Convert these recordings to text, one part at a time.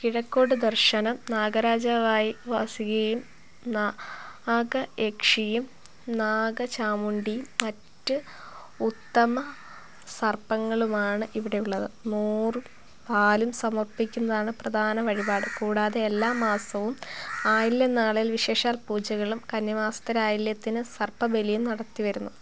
കിഴക്കോട്ട് ദർശനം. നാഗരാജാവായി വാസുകിയും നാഗയക്ഷിയും നാഗചാമുണ്ഡിയും മറ്റ് ഉത്തമാധമസർപ്പങ്ങളുമാണ് ഇവിടെയുള്ളത്. നൂറും പാലും സമർപ്പിയ്ക്കുന്നതാണ് പ്രധാന വഴിപാട്. കൂടാതെ എല്ലാമാസവും ആയില്യം നാളിൽ വിശേഷാൽ പൂജകളും കന്നിമാസത്തിലെ ആയില്യത്തിന് സർപ്പബലിയും നടത്തിവരുന്നു.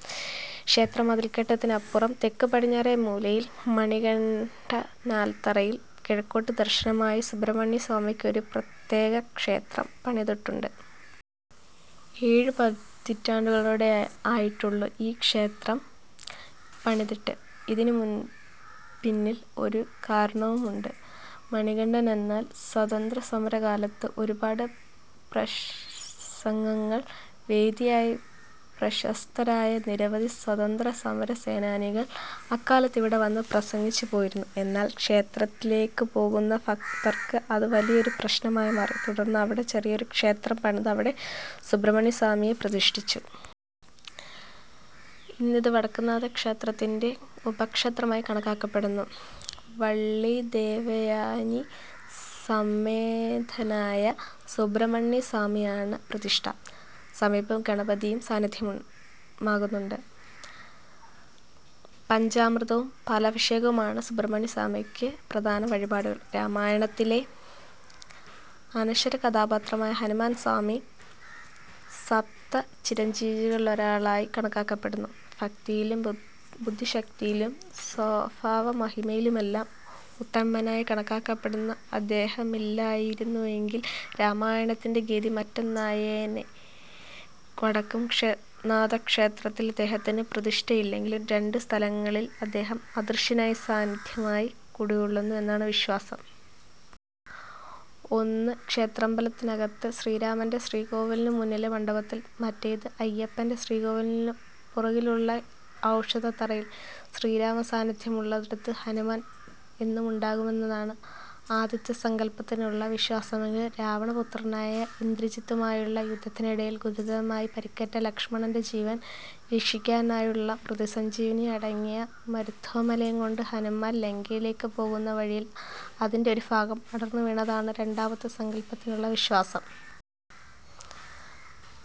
ക്ഷേത്രമതിൽക്കെട്ടിനുപുറത്ത് തെക്കുപടിഞ്ഞാറേമൂലയിൽ മണികണ്ഠനാൽത്തറയിൽ കിഴക്കോട്ട് ദർശനമായി സുബ്രഹ്മണ്യസ്വാമിയ്ക്ക് ഒരു പ്രത്യേകക്ഷേത്രം പണിതിട്ടുണ്ട്. ഏഴുപതിറ്റാണ്ടുകളേ ആയിട്ടുള്ളൂ ഈ ക്ഷേത്രം പണിതിട്ട്. ഇതിനുപിന്നിൽ ഒരു കാരണമുണ്ട്: മണികണ്ഠനാൽ സ്വാതന്ത്ര്യസമരകാലത്ത് ഒരുപാട് പ്രസംഗങ്ങൾക്ക് വേദിയായി. പ്രശസ്തരായ നിരവധി സ്വാതന്ത്ര്യസമരസേനാനികൾ അക്കാലത്ത് ഇവിടെ വന്ന് പ്രസംഗിച്ചുപോയിരുന്നു. എന്നാൽ ക്ഷേത്രത്തിലേയ്ക്കുപോകുന്ന ഭക്തർക്ക് അത് വലിയൊരു പ്രശ്നമായി മാറി. തുടർന്ന് അവിടെ ചെറിയൊരു ക്ഷേത്രം പണിത് അവിടെ സുബ്രഹ്മണ്യസ്വാമിയെ പ്രതിഷ്ഠിച്ചു. ഇന്നത് വടക്കുംനാഥക്ഷേത്രത്തിന്റെ ഉപക്ഷേത്രമായി കണക്കാക്കപ്പെടുന്നു. വള്ളീദേവയാനീസമേതനായ സുബ്രഹ്മണ്യസ്വാമിയാണ് പ്രതിഷ്ഠ. സമീപം ഗണപതിയും സാന്നിദ്ധ്യമാകുന്നുണ്ട്. പഞ്ചാമൃതവും പാലഭിഷേകവുമാണ് സുബ്രഹ്മണ്യസ്വാമിയ്ക്ക് പ്രധാന വഴിപാടുകൾ. രാമായണത്തിലെ അനശ്വരകഥാപാത്രമായ ഹനുമാൻ സ്വാമി സപ്തചിരഞ്ജീവികളിലൊരാളായി കണക്കാക്കപ്പെടുന്നു. ഭക്തിയിലും ബുദ്ധിശക്തിയിലും സ്വഭാവമഹിമയിലുമെല്ലാം ഉത്തമനായി കണക്കാക്കപ്പെടുന്ന അദ്ദേഹമില്ലായിരുന്നുവെങ്കിൽ രാമായണത്തിന്റെ ഗതി മറ്റൊന്നായേനെ. വടക്കുംനാഥക്ഷേത്രത്തിൽ അദ്ദേഹത്തിന് പ്രതിഷ്ഠയില്ലെങ്കിലും രണ്ട് സ്ഥലങ്ങളിൽ അദ്ദേഹം അദൃശ്യസാന്നിദ്ധ്യമായി കുടികൊള്ളുന്നു എന്നാണ് വിശ്വാസം. ഒന്ന്, ക്ഷേത്രനാലമ്പലത്തിനകത്ത് ശ്രീരാമന്റെ ശ്രീകോവിലിന് മുന്നിലെ മണ്ഡപത്തിൽ; മറ്റേത്, അയ്യപ്പന്റെ ശ്രീകോവിലിനുപുറകിലുള്ള ഔഷധത്തറയിൽ. ശ്രീരാമസാന്നിദ്ധ്യമുള്ളിടത്ത് ഹനുമാൻ എന്നുമുണ്ടാകുമെന്നതാണ് ആദ്യത്തെ സങ്കല്പത്തിനുപിന്നിലുള്ള വിശ്വാസമെങ്കിൽ, രാവണപുത്രനായ ഇന്ദ്രജിത്തുമായുള്ള യുദ്ധത്തിനിടയിൽ ഗുരുതരമായി പരുക്കേറ്റ ലക്ഷ്മണന്റെ ജീവൻ രക്ഷിയ്ക്കാനുള്ള മൃതസഞ്ജീവനിയടങ്ങിയ മരുത്വാമലയും കൊണ്ട് ഹനുമാൻ ലങ്കയിലേയ്ക്കുപോകുന്ന വഴിയിൽ അതിന്റെ ഒരുഭാഗം അടർന്നുവീണതാണ് രണ്ടാമത്തെ സങ്കല്പത്തിനുപിന്നിലുള്ള വിശ്വാസം.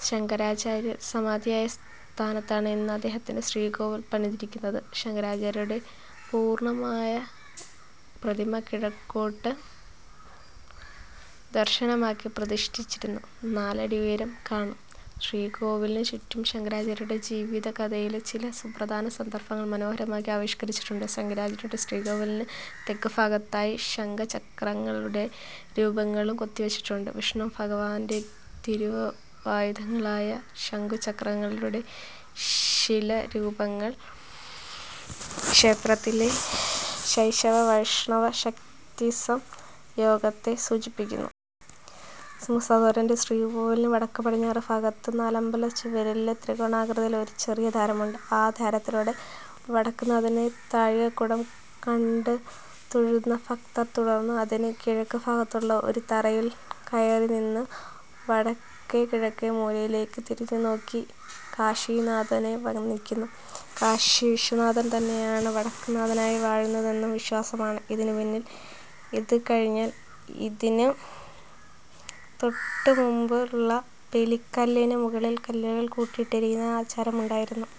ശങ്കരാചാര്യർ സമാധിയായ സ്ഥാനത്താണ് ഇന്ന് അദ്ദേഹത്തിന്റെ ശ്രീകോവിൽ പണിതിരിയ്ക്കുന്നത്. ശങ്കരാചാര്യരുടെ പൂർണമായ പ്രതിമ കിഴക്കോട്ട് ദർശനമാക്കി പ്രതിഷ്ഠിച്ചിരുന്നു. നാലടി ഉയരം കാണും. ശ്രീകോവിലിനുചുറ്റും ശങ്കരാചാര്യരുടെ ജീവിതകഥയിലെ ചില സുപ്രധാന സന്ദർഭങ്ങൾ മനോഹരമാക്കി ആവിഷ്കരിച്ചിട്ടുണ്ട്. ശങ്കരാചാര്യരുടെ ശ്രീകോവിലിന് തെക്കുഭാഗത്തായി ശംഖചക്രങ്ങളുടെ രൂപങ്ങളും കൊത്തിവച്ചിട്ടുണ്ട്. വിഷ്ണുഭഗവാന്റെ തിരുവായുധങ്ങളായ ശംഖുചക്രങ്ങളുടെ ശിലാരൂപങ്ങൾ ക്ഷേത്രത്തിലെ ശൈശവ വൈഷ്ണവശക്തിസംയോഗത്തെ സൂചിപ്പിയ്ക്കുന്നു. സിംഹോദരന്റെ ശ്രീകോവിലിന് വടക്കുപടിഞ്ഞാറുഭാഗത്ത് നാലമ്പലച്ചുവരിൽ ത്രികോണാകൃതിയിൽ ഒരു ചെറിയ ദ്വാരമുണ്ട്. ആ ദ്വാരത്തിലൂടെ വടക്കുംനാഥന്റെ താഴികക്കുടം കണ്ടുതൊഴുന്ന ഭക്തർ തുടർന്ന് അതിന് കിഴക്കുഭാഗത്തുള്ള ഒരു തറയിൽ കയറിനിന്ന് വടക്കുകിഴക്കേമൂലയിലേയ്ക്ക് തിരിഞ്ഞുനോക്കി കാശീനാഥനെ വന്ദിയ്ക്കുന്നു. കാശീവിശ്വനാഥൻ തന്നെയാണ് വടക്കുംനാഥനായി വാഴുന്നത് എന്ന വിശ്വാസമാണ് ഇതിനുപിന്നിൽ. ഇതുകഴിഞ്ഞാൽ ഇതിന് തൊട്ടുമുമ്പിലുള്ള ബലിക്കല്ലിന് മുകളിൽ കല്ലുകൾ കൂട്ടിയിടുന്ന ഒരു ആചാരമുണ്ടായിരുന്നു.